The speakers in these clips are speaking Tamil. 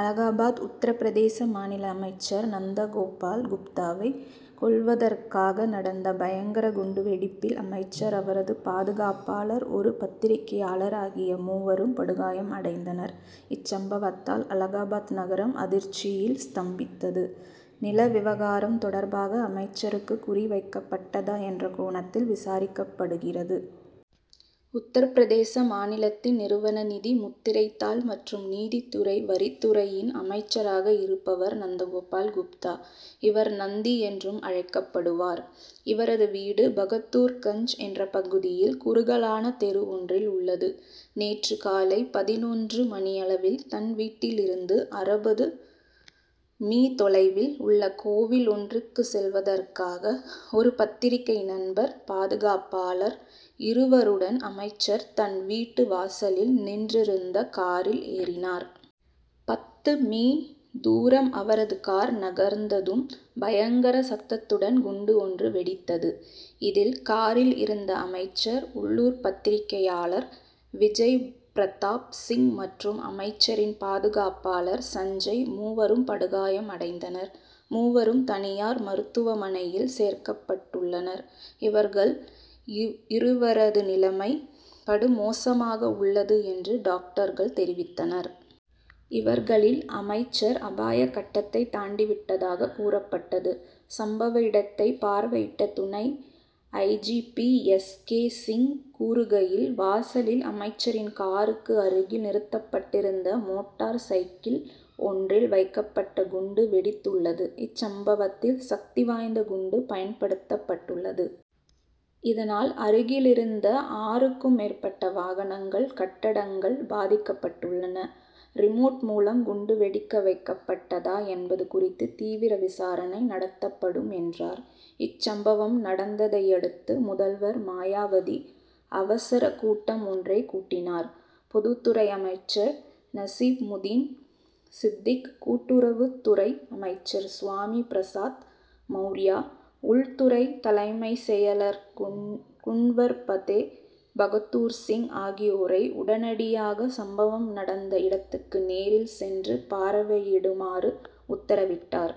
அலகாபாத் உத்தரபிரதேச மாநில அமைச்சர் நந்த கோபால் குப்தாவைக் கொல்வதற்காக நடந்த பயங்கர குண்டு வெடிப்பில் அமைச்சர், அவரது பாதுகாப்பாளர், ஒரு பத்திரிகையாளர் ஆகிய மூவரும் படுகாயம் அடைந்தனர். இச்சம்பவத்தால் அலகாபாத் நகரம் அதிர்ச்சியில் ஸ்தம்பித்தது. நில விவகாரம் தொடர்பாக அமைச்சருக்கு குறி வைக்கப்பட்டதா என்ற கோணத்தில் விசாரிக்கப்படுகிறது. உத்தரபிரதேச மாநிலத்தின், நிறுவன நிதி, முத்திரைத் தாள் மற்றும் நீதித்துறை வரித் துறையின் அமைச்சராக இருப்பவர் நந்தகோபால் குப்தா. இவர், நந்தி என்றும் அழைக்கப்படுவார். இவரது வீடு பகதூர்கஞ்ச் என்ற பகுதியில் குறுகலான தெரு ஒன்றில் உள்ளது. நேற்று காலை பதினொன்று மணியளவில், தன் வீட்டிலிருந்து அறுபது மீ தொலைவில் உள்ள கோவில் ஒன்றுக்குச் செல்வதற்காக, ஒரு பத்திரிகை நண்பர், பாதுகாப்பாளர் இருவருடன் அமைச்சர் தன் வீட்டு வாசலில் நின்றிருந்த காரில் ஏறினார். பத்து மீ., தூரம் அவரது கார் நகர்ந்ததும் பயங்கர சத்தத்துடன் குண்டு ஒன்று வெடித்தது. இதில், காரில் இருந்த அமைச்சர், உள்ளூர் பத்திரிகையாளர் விஜய் பிரதாப் சிங் மற்றும் அமைச்சரின் பாதுகாப்பாளர் சஞ்சய் மூவரும் படுகாயம் அடைந்தனர். மூவரும், தனியார் மருத்துவமனையில் சேர்க்கப்பட்டுள்ளனர். இவர்கள் இருவரது நிலைமை படுமோசமாக உள்ளது என்று டாக்டர்கள் தெரிவித்தனர். இவர்களில் அமைச்சர் அபாய கட்டத்தைத் தாண்டி விட்டதாக கூறப்பட்டது. சம்பவ இடத்தைப் பார்வையிட்ட துணை I. G. P., S. K. Singh கூறுகையில், வாசலில் அமைச்சரின் காருக்கு அருகில் நிறுத்தப்பட்டிருந்த மோட்டார் சைக்கிள் ஒன்றில் வைக்கப்பட்ட குண்டு வெடித்துள்ளது. இச்சம்பவத்தில் சக்தி வாய்ந்த குண்டு பயன்படுத்தப்பட்டுள்ளது. இதனால் அருகிலிருந்த ஆறுக்கும் மேற்பட்ட வாகனங்கள், கட்டடங்கள் பாதிக்கப்பட்டுள்ளன. ரிமோட் மூலம் குண்டு வெடிக்க வைக்கப்பட்டதா என்பது குறித்து தீவிர விசாரணை நடத்தப்படும் என்றார். இச்சம்பவம் நடந்ததையடுத்து முதல்வர் மாயாவதி, அவசரக் கூட்டம் ஒன்றைக் கூட்டினார். பொதுத்துறை அமைச்சர் நசீமுதீன் சித்திக், கூட்டுறவுத் துறை அமைச்சர் சுவாமி பிரசாத் மவுர்யா, உள்துறை தலைமைச் செயலர் குன்வர் பதே பகதூர்சிங் ஆகியோரை உடனடியாக சம்பவம் நடந்த இடத்துக்கு நேரில் சென்று பார்வையிடுமாறு உத்தரவிட்டார்.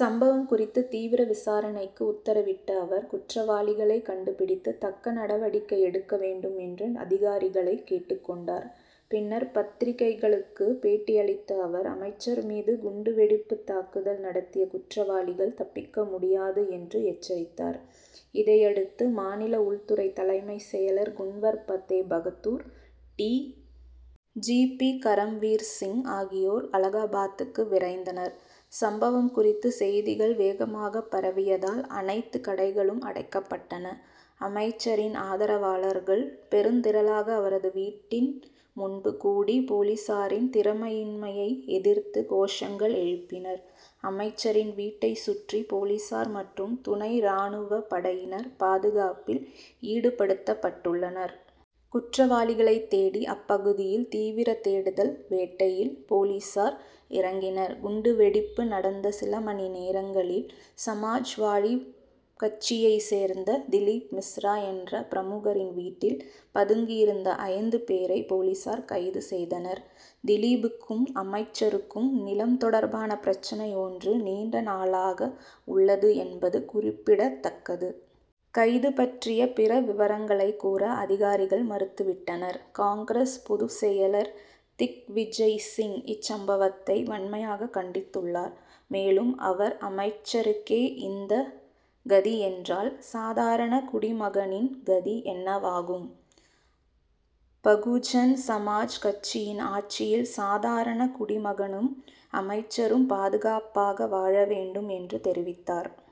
சம்பவம் குறித்து தீவிர விசாரணைக்கு உத்தரவிட்ட அவர், குற்றவாளிகளைக் கண்டுபிடித்து தக்க நடவடிக்கை எடுக்க வேண்டும் என்று அதிகாரிகளைக் கேட்டுக் கொண்டார். பின்னர் பத்திரிகைகளுக்குப் பேட்டியளித்த அவர், அமைச்சர் மீது குண்டு வெடிப்புத் தாக்குதல் நடத்திய குற்றவாளிகள் தப்பிக்க முடியாது என்று எச்சரித்தார். இதையடுத்து மாநில உள்துறை தலைமைச் செயலர் Kunwar Fateh Bahadur, D. G. P., Karamvir Singh ஆகியோர் அலகாபாத்துக்கு விரைந்தனர். சம்பவம் குறித்து செய்திகள் வேகமாகப் பரவியதால் அனைத்துக் கடைகளும் அடைக்கப்பட்டன. அமைச்சரின் ஆதரவாளர்கள் பெருந்திரளாக அவரது வீட்டின் முன்பு கூடி போலீசாரின் திறமையின்மையை எதிர்த்து கோஷங்கள் எழுப்பினர். அமைச்சரின் வீட்டைச் சுற்றி போலீசார் மற்றும் துணை ராணுவப் படையினர் பாதுகாப்பில் ஈடுபடுத்தப்பட்டுள்ளனர். குற்றவாளிகளைத் தேடி அப்பகுதியில் தீவிர தேடுதல் வேட்டையில் போலீசார் இறங்கினர். குண்டு வெடிப்பு நடந்த சில மணிநேரங்களில், சமாஜ்வாடி கட்சியைச் சேர்ந்த திலிப் மிஸ்ரா என்ற பிரமுகரின் வீட்டில் பதுங்கியிருந்த ஐந்து பேரை போலீசார் கைது செய்தனர். திலிப்புக்கும் அமைச்சருக்கும் நிலம் தொடர்பான பிரச்னை ஒன்று நீண்ட நாளாக உள்ளது என்பது குறிப்பிடத்தக்கது. கைது பற்றிய பிற விவரங்களைக் கூற அதிகாரிகள் மறுத்துவிட்டனர். காங்கிரஸ் பொதுச் செயலர் திக்விஜய் சிங் இச்சம்பவத்தை வன்மையாகக் கண்டித்துள்ளார். மேலும் அவர், அமைச்சருக்கே இந்த கதி என்றால், சாதாரணக் குடிமகனின் கதி என்னவாகும்? பகுஜன் சமாஜ் கட்சியின் ஆட்சியில் சாதாரணக் குடிமகனும் அமைச்சரும் பாதுகாப்பாக வாழ வேண்டும் என்று தெரிவித்தார்.